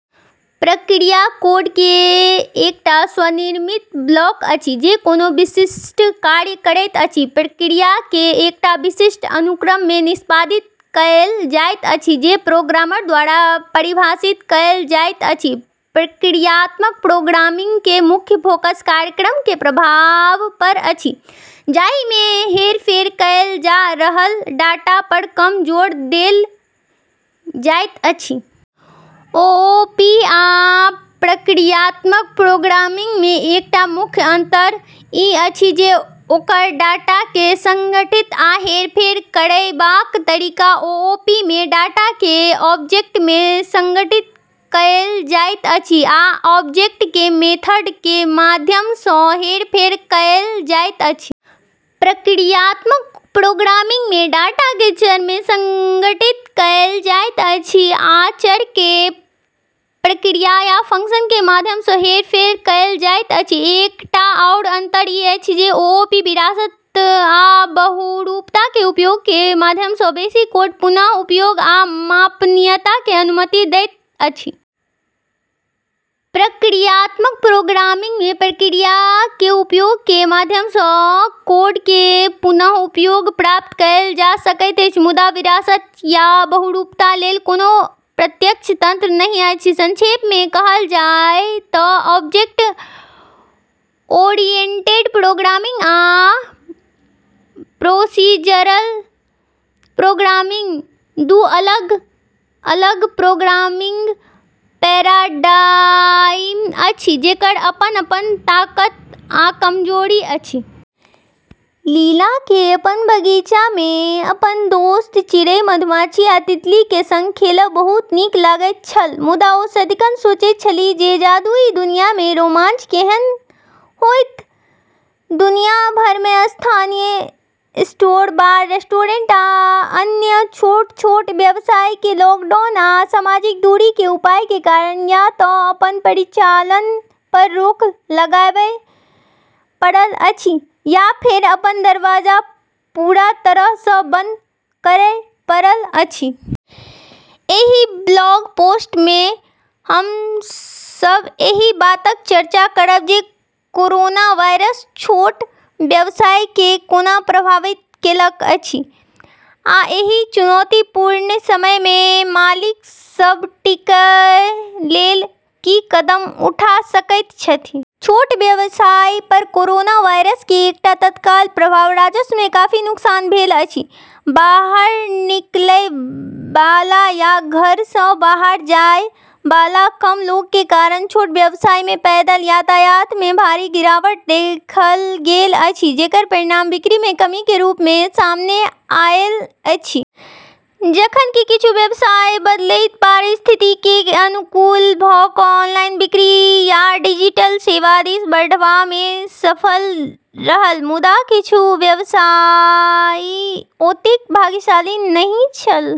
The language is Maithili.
प्रक्रिया कोड के एकटा स्व-निर्मित ब्लॉक अछि जे कोनो विशिष्ट कार्य करैत अछि। प्रक्रिया के एकटा विशिष्ट अनुक्रम मे निष्पादित कएल जाइत अछि जे प्रोग्रामर द्वारा परिभाषित कएल जाइत अछि। प्रक्रियात्मक प्रोग्रामिंग के मुख्य फोकस कार्यक्रम के प्रवाह पर अछि, जाहि मे हेरफेर कएल जा रहल डाटा पर कम जोर देल जाइत अछि। ओओपी आ प्रक्रियात्मक प्रोग्रामिंग मे एकटा मुख्य अंतर ई अछि जे ओकर डाटा के संगठित आ हेरफेर करयबाक तरीका। ओओपी मे, डाटा केँ ऑब्जेक्ट मे संगठित कएल जाइत अछि, आ ऑब्जेक्ट के मेथड के माध्यम सँ हेरफेर कएल जाइत अछि। प्रक्रियात्मक प्रोग्रामिंग मे डाटा केँ चर मे संगठित कएल जाइत अछि, आ चर केँ प्रक्रिया या फंक्शन के माध्यम सँ हेरफेर कएल जाइत अछि। एकटा आओर अंतर ई अछि जे ओओपी विरासत आ बहुरूपता के उपयोग के माध्यम सँ बेसी कोड पुन: उपयोग आ मापनीयता के अनुमति दैत अछि। प्रक्रियात्मक प्रोग्रामिंग मे प्रक्रिया के उपयोग के माध्यम सँ कोड के पुन: उपयोग प्राप्त कएल जा सकैत अछि, मुदा विरासत या बहुरूपता लेल कोनो प्रत्यक्ष तंत्र नहि अछि। संक्षेप मे कहल जाए तँ ऑब्जेक्ट-ओरिएंटेड प्रोग्रामिंग आ प्रोसीजरल प्रोग्रामिंग दू अलग-अलग प्रोग्रामिंग पैराडाइम अछि, जेकर अपन-अपन ताकत आ कमजोरी अछि। लीला केँ अपन बगीचा मे अपन दोस्त, चिड़ै, मधुमाछी, आ तितली के संग खेलब बहुत नीक लगैत छल। मुदा ओ सदिखन सोचैत छली जे जादुई दुनिया मे रोमांच केहन होइत। दुनिया भर मे स्थानीय स्टोर, बार, रेस्टोरेंट, आ अन्य छोट-छोट व्यवसाय केँ लॉकडाउन आ सामाजिक दूरी के उपाय के कारण या तँ अपन परिचालन पर रोक लगाबय पड़ल अछि या फेर अपन दरवाजा पूरा तरह सँ बंद करय पड़ल अछि। एहि ब्लॉग पोस्ट मे हम सब एहि बातक चर्चा करब जे कोरोना वायरस छोट व्यवसाय केँ कोना प्रभावित केलक अछि, आ एहि चुनौतीपूर्ण समय मे मालिक सब टिकय लेल की कदम उठा सकैत छथि। छोट व्यवसाय पर कोरोना वायरस के एकटा तत्काल प्रभाव राजस्व मे काफी नुकसान भेल अछि। बाहर निकलय वाला या घर सँ बाहर जाए वाला कम लोग के कारण छोट व्यवसाय मे पैदल यातायात मे भारी गिरावट देखल गेल अछि, जेकर परिणाम बिक्री मे कमी के रूप मे सामने आएल अछि। जखन कि किछु व्यवसाय बदलैत परिस्थिति के अनुकूल भ' क' ऑनलाइन बिक्री या डिलीवरी सेवा दिस बढ़बा मे सफल रहल, मुदा किछु व्यवसायी ओतेक भाग्यशाली नहि छल।